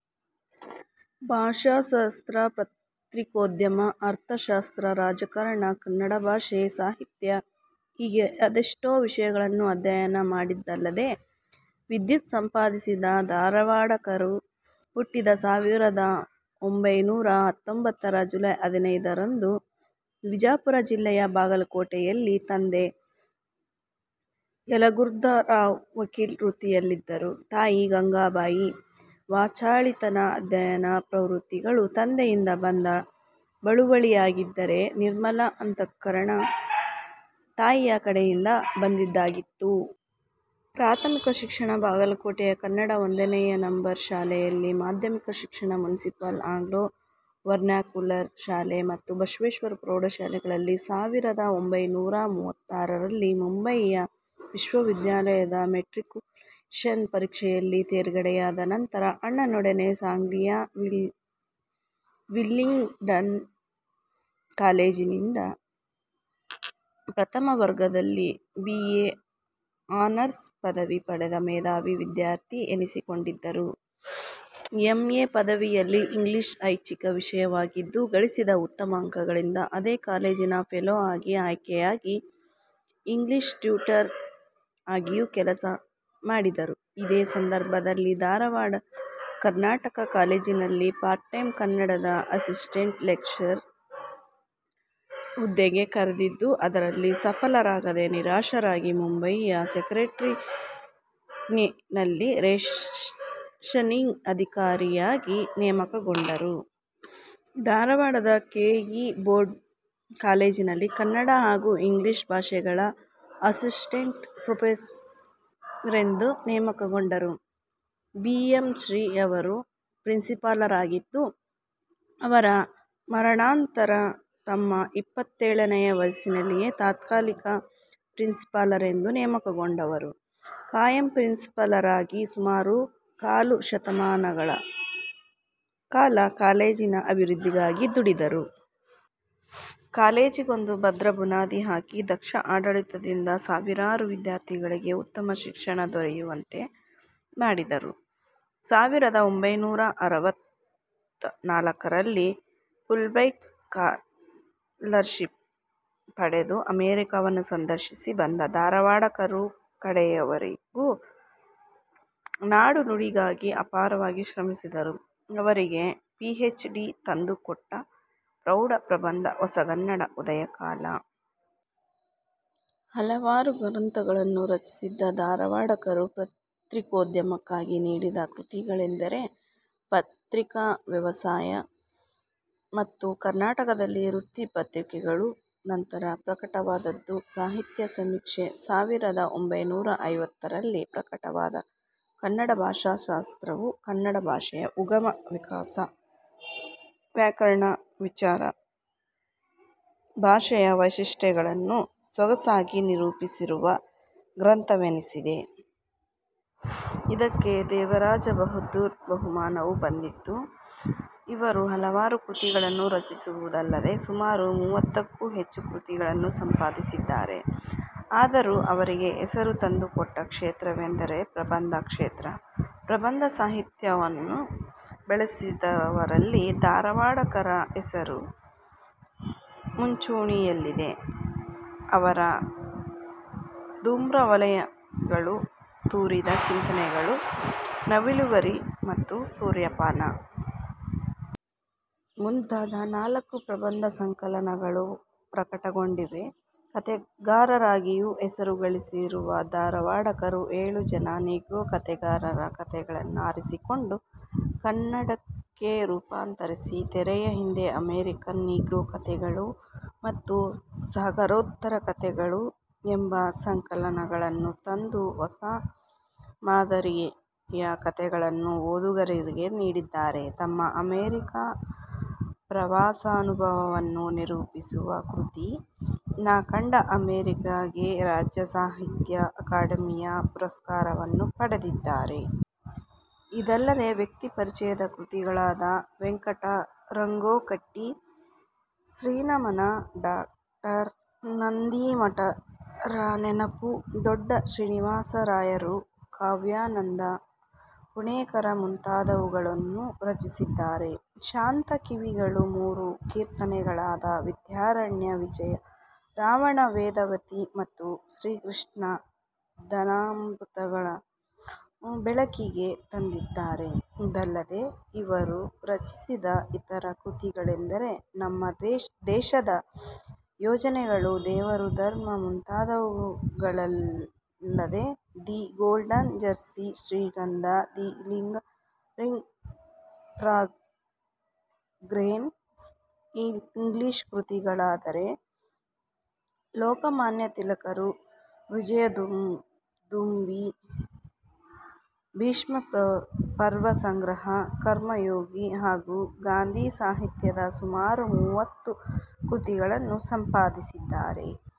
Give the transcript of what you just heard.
ಭಾಷಾಶಾಸ್ತ್ರ, ಪತ್ರಿಕೋದ್ಯಮ, ಅರ್ಥಶಾಸ್ತ್ರ, ರಾಜಕಾರಣ, ಕನ್ನಡಭಾಷೆ, ಸಾಹಿತ್ಯ ಹೀಗೆ ಅದೆಷ್ಟೋ ವಿಷಯಗಳನ್ನೂ ಅಧ್ಯಯನ ಮಾಡಿದ್ದಲ್ಲದೆ ವಿದ್ವತ್ ಸಂಪಾದಿಸಿದ್ದ ಧಾರವಾಡಕರರು ಹುಟ್ಟಿದ್ದು ಸಾವಿರದ ಒಂಬೈನೂರಾ ಹತ್ತೊಂಬತ್ತರ ಜುಲೈ ಹದಿನೈದರಂದು ವಿಜಾಪುರ ಜಿಲ್ಲೆಯ ಬಾಗಲಕೋಟೆಯಲ್ಲಿ. ತಂದೆ ಯಲಗುರ್ದರಾವ್ ವಕೀಲಿ ವೃತ್ತಿಯಲ್ಲಿದ್ದವರು, ತಾಯಿ ಗಂಗಾಬಾಯಿ. ವಾಚಾಳಿತನ, ಅಧ್ಯಯನ ಪ್ರವೃತ್ತಿಗಳು ತಂದೆಯಿಂದ ಬಂದ ಬಳುವಳಿಯಾಗಿದ್ದರೆ ನಿರ್ಮಲ ಅಂತಃಕರಣ, ತಾಯಿಯ ಕಡೆಯಿಂದ ಬಂದುದಾಗಿತ್ತು. ಪ್ರಾಥಮಿಕ ಶಿಕ್ಷಣ ಬಾಗಲಕೋಟೆಯ ಕನ್ನಡ ಒಂದನೆಯ ನಂಬರ್ ಶಾಲೆಯಲ್ಲಿ. ಮಾಧ್ಯಮಿಕ ಶಿಕ್ಷಣ ಮುನಿಸಿಪಲ್ ಆಂಗ್ಲೋ ವರ್ನಾಕ್ಯುಲರ್ ಶಾಲೆ ಮತ್ತು ಬಸವೇಶ್ವರ ಪ್ರೌಢಶಾಲೆಗಳಲ್ಲಿ. ಸಾವಿರದ ಒಂಬೈನೂರಾ ಮೂವತ್ತಾರರಲ್ಲಿ ಮುಂಬಯಿಯ ವಿಶ್ವವಿದ್ಯಾಲಯದ ಮೆಟ್ರಿಕ್ಯುಲೇಷನ್ ಪರೀಕ್ಷೆಯಲ್ಲಿ ತೇರ್ಗಡೆಯಾದ ನಂತರ ಅಣ್ಣನೊಡನೆ ಸಾಂಗ್ಲಿಯ ವಿಲ್ಲಿಂಗ್ಡನ್ ಕಾಲೇಜಿನಿಂದ ಪ್ರಥಮವರ್ಗದಲ್ಲಿ ಬಿ. ಎ. ಆನರ್ಸ್ ಪದವಿ ಪಡೆದ ಮೇಧಾವಿ ವಿದ್ಯಾರ್ಥಿ ಎನಿಸಿಕೊಂಡಿದ್ದರು. ಎಂ. ಎ. ಪದವಿಯಲ್ಲಿ ಇಂಗ್ಲಿಷ್ ಐಚ್ಛಿಕ ವಿಷಯವಾಗಿದ್ದು, ಗಳಿಸಿದ ಉತ್ತಮ ಅಂಕಗಳಿಂದ ಅದೇ ಕಾಲೇಜಿನ ಫೆಲೊ ಆಗಿ ಆಯ್ಕೆಯಾಗಿ ಇಂಗ್ಲಿಷ್ ಟ್ಯೂಟರ್ ಆಗಿಯೂ ಕೆಲಸ ಮಾಡಿದರು. ಇದೇ ಸಂದರ್ಭದಲ್ಲಿ ಧಾರವಾಡದ ಕರ್ನಾಟಕ ಕಾಲೇಜಿನಲ್ಲಿ ಪಾರ್ಟಟೈಂ ಕನ್ನಡದ ಅಸಿಸ್ಟೆಂಟ್ ಲೆಕ್ಚರರ್ ಹುದ್ದೆಗೆ ಕರೆದಿದ್ದು ಅದರಲ್ಲಿ ಸಫಲರಾಗದೆ ನಿರಾಶರಾಗಿ ಮುಂಬಯಿಯ ಸೆಕ್ರಟರಿಯೆಟ್ನಲ್ಲಿ ರೇಷನಿಂಗ್ ಅಧಿಕಾರಿಯಾಗಿ ನೇಮಕಗೊಂಡರು. ಧಾರವಾಡದ ಕೆ. ಇ. ಬೋರ್ಡ್ ಕಾಲೇಜಿನಲ್ಲಿ ಕನ್ನಡ ಹಾಗೂ ಇಂಗ್ಲಿಷ್ ಭಾಷೆಗಳ ಅಸಿಸ್ಟೆಂಟ್ ಪ್ರೊಫೆಸರೆಂದು ನೇಮಕಗೊಂಡರು. ಬಿ. ಎಂ. ಶ್ರೀ. ಯವರು ಪ್ರಿನ್ಸಿಪಾಲರಾಗಿದ್ದು ಅವರ ಮರಣಾನಂತರ ತಮ್ಮ ಇಪ್ಪತ್ತೇಳನೆಯ ವಯಸ್ಸಿನಲ್ಲಿಯೇ ತಾತ್ಕಾಲಿಕ ಪ್ರಿನ್ಸಿಪಾಲರೆಂದು ನೇಮಕಗೊಂಡವರು ಖಾಯಂ ಪ್ರಿನ್ಸಿಪಾಲರಾಗಿ ಸುಮಾರು ಕಾಲು ಶತಮಾನಗಳ ಕಾಲ ಕಾಲೇಜಿನ ಅಭಿವೃದ್ಧಿಗಾಗಿ ದುಡಿದರು. ಕಾಲೇಜಿಗೊಂದು ಭದ್ರ ಬುನಾದಿ ಹಾಕಿ, ದಕ್ಷ ಆಡಳಿತದಿಂದ ಸಾವಿರಾರು ವಿದ್ಯಾರ್ಥಿಗಳಿಗೆ ಉತ್ತಮ ಶಿಕ್ಷಣ ದೊರೆಯುವಂತೆ ಮಾಡಿದರು. ಸಾವಿರದ ಒಂಬೈನೂರಾ ಅರವತ್ತ ನಾಲ್ಕರಲ್ಲಿ ಫುಲ್ಬ್ರೈಟ್ ಸ್ಕಾಲರ್ ಶಿಪ್ ಪಡೆದು ಅಮೆರಿಕಾವನ್ನು ಸಂದರ್ಶಿಸಿ ಬಂದ ಧಾರವಾಡಕರರು ಕಡೆಯವರೆಗೂ ನಾಡು ನುಡಿಗಾಗಿ ಅಪಾರವಾಗಿ ಶ್ರಮಿಸಿದರು. ಅವರಿಗೆ ಪಿಎಚ್. ಡಿ. ತಂದು ಕೊಟ್ಟ ಪ್ರೌಢ ಪ್ರಬಂಧ ಹೊಸಗನ್ನಡ ಉದಯಕಾಲ. ಹಲವಾರು ಗ್ರಂಥಗಳನ್ನು ರಚಿಸಿದ್ದ ಧಾರವಾಡಕರರು ಪತ್ರಿಕೋದ್ಯಮಕ್ಕಾಗಿ ನೀಡಿದ ಕೃತಿಗಳೆಂದರೆ ಪತ್ರಿಕಾ ವ್ಯವಸಾಯ, ಮತ್ತು ಕರ್ನಾಟಕದಲ್ಲಿ ವೃತ್ತ ಪತ್ರಿಕೆಗಳು. ನಂತರ ಪ್ರಕಟವಾದದ್ದು ಸಾಹಿತ್ಯ ಸಮೀಕ್ಷೆ. ಸಾವಿರದ ಒಂಬೈನೂರಾ ಐವತ್ತರಲ್ಲಿ ಪ್ರಕಟವಾದ ಕನ್ನಡ ಭಾಷಾ ಶಾಸ್ತ್ರವು ಕನ್ನಡ ಭಾಷೆಯ ಉಗಮ, ವಿಕಾಸ, ವ್ಯಾಕರಣ ವಿಚಾರ, ಭಾಷೆಯ ವೈಶಿಷ್ಟ್ಯಗಳನ್ನೂ ಸೊಗಸಾಗಿ ನಿರೂಪಿಸಿರುವ ಗ್ರಂಥವೆನಿಸಿದೆ. ಇದಕ್ಕೆ ದೇವರಾಜ ಬಹದ್ದೂರ್ ಬಹುಮಾನವೂ ಬಂದಿತು. ಇವರು ಹಲವಾರು ಕೃತಿಗಳನ್ನೂ ರಚಿಸಿರುವುದಲ್ಲದೆ ಸುಮಾರು ಮೂವತ್ತಕ್ಕೂ ಹೆಚ್ಚು ಕೃತಿಗಳನ್ನೂ ಸಂಪಾದಿಸಿದ್ದಾರೆ. ಆದರೂ ಅವರಿಗೆ ಹೆಸರು ತಂದು ಕೊಟ್ಟ ಕ್ಷೇತ್ರವೆಂದರೆ ಪ್ರಬಂದ ಕ್ಷೇತ್ರ. ಪ್ರಬಂಧ ಸಾಹಿತ್ಯವನ್ನೂ ಬೆಳೆಸಿದವರಲ್ಲಿ ಧಾರವಾಡಕರರ ಹೆಸರು ಮುಂಚೂಣಿಯಲ್ಲಿದೆ. ಅವರ ಧೂಮ್ರವಲಯಗಳು, ತೂರಿದ ಚಿಂತನೆಗಳು, ನವಿಲುಗರಿ ಮತ್ತು ಸೂರ್ಯಪಾನ. ಮುಂತಾದ ನಾಲ್ಕು ಪ್ರಬಂಧ ಸಂಕಲನಗಳು ಪ್ರಕಟಗೊಂಡಿವೆ. ಕತೆಗಾರರಾಗಿಯೂ ಹೆಸರು ಗಳಿಸಿರುವ ಧಾರವಾಡಕರರು ಏಳು ಜನ ನಿಗ್ರೋ ಕತೆಗಾರರ ಕತೆಗಳನ್ನಾರಿಸಿಕೊಂಡು ಕನ್ನಡಕ್ಕೆ ರೂಪಾಂತರಿಸಿ ತೆರೆಯ ಹಿಂದೆ ಅಮೆರಿಕನ್ ನಿಗ್ರೋ ಕಥೆಗಳು ಮತ್ತು ಸಾಗರೋತ್ತರ ಕಥೆಗಳು ಎಂಬ ಸಂಕಲನಗಳನ್ನು ತಂದು ಹೊಸ ಮಾದರಿಯ ಕತೆಗಳನ್ನು ಓದುಗರಿಗೆ ನೀಡಿದ್ದಾರೆ. ತಮ್ಮ ಅಮರಿಕಾ ಪ್ರವಾಸಾನುಭವವನ್ನೂ ನಿರೂಪಿಸುವ ಕೃತಿ ನಾ ಕಂಡ ಅಮರಿಕೆಗೆ ರಾಜ್ಯ ಸಾಹಿತ್ಯ ಅಕಾಡಮಿಯ ಪುರಸ್ಕಾರವನ್ನೂ ಪಡೆದಿದ್ದಾರೆ. ಇದಲ್ಲದೆ ವ್ಯಕ್ತಿ ಪರಿಚಯದ ಕೃತಿಗಳಾದ ವೆಂಕಟ ರಂಗೋಕಟ್ಟಿ, ಶ್ರೀನಮನ, ಡಾ. ನಂದಿಮಠರ ನೆನಪು, ರೊದ್ದ ಶ್ರೀನಿವಾಸರಾಯರು, ಕಾವ್ಯಾನಂದ, ಪುಣೇಕರ ಮುಂತಾದವುಗಳನ್ನೂ ರಚಿಸಿದ್ದಾರೆ. ಶಾಂತ ಕವಿಗಳ ಮೂರು ಕೀರ್ತನೆಗಳಾದ ವಿದ್ಯಾರಣ್ಯ ವಿಜಯ, ರಾವಣ ವೇದವತಿ ಮತ್ತು ಶ್ರೀಕೃಷ್ಣ ದಾನಾಮೃತಗಳನ್ನೂ ಬೆಳಕಿಗೆ ತಂದಿದ್ದಾರೆ. ಇದಲ್ಲದೆ ಇವರು ರಚಿಸಿದ ಇತರ ಕೃತಿಗಳೆಂದರೆ ನಮ್ಮ ದೇಶದ ಯೋಜನೆಗಳು, ದೇವರು ಧರ್ಮ, ಮುಂತಾದವುಗಳಲ್ಲದೆ the golden jersey, Shrigandha, the lingering fragrance English ಕೃತಿಗಳಾದರೆ ಲೋಕಮಾನ್ಯ ತಿಲಕರು, ವಿಜಯದುಂದುಭಿ, ಭೀಷ್ಮಪರ್ವಸಂಗ್ರಹ, ಕರ್ಮಯೋಗಿ ಹಾಗೂ ಗಾಂಧಿಸಾಹಿತ್ಯದ ಸುಮಾರು ಮೂವತ್ತು ಕೃತಿಗಳನ್ನೂ ಸಂಪಾದಿಸಿದ್ದಾರೆ.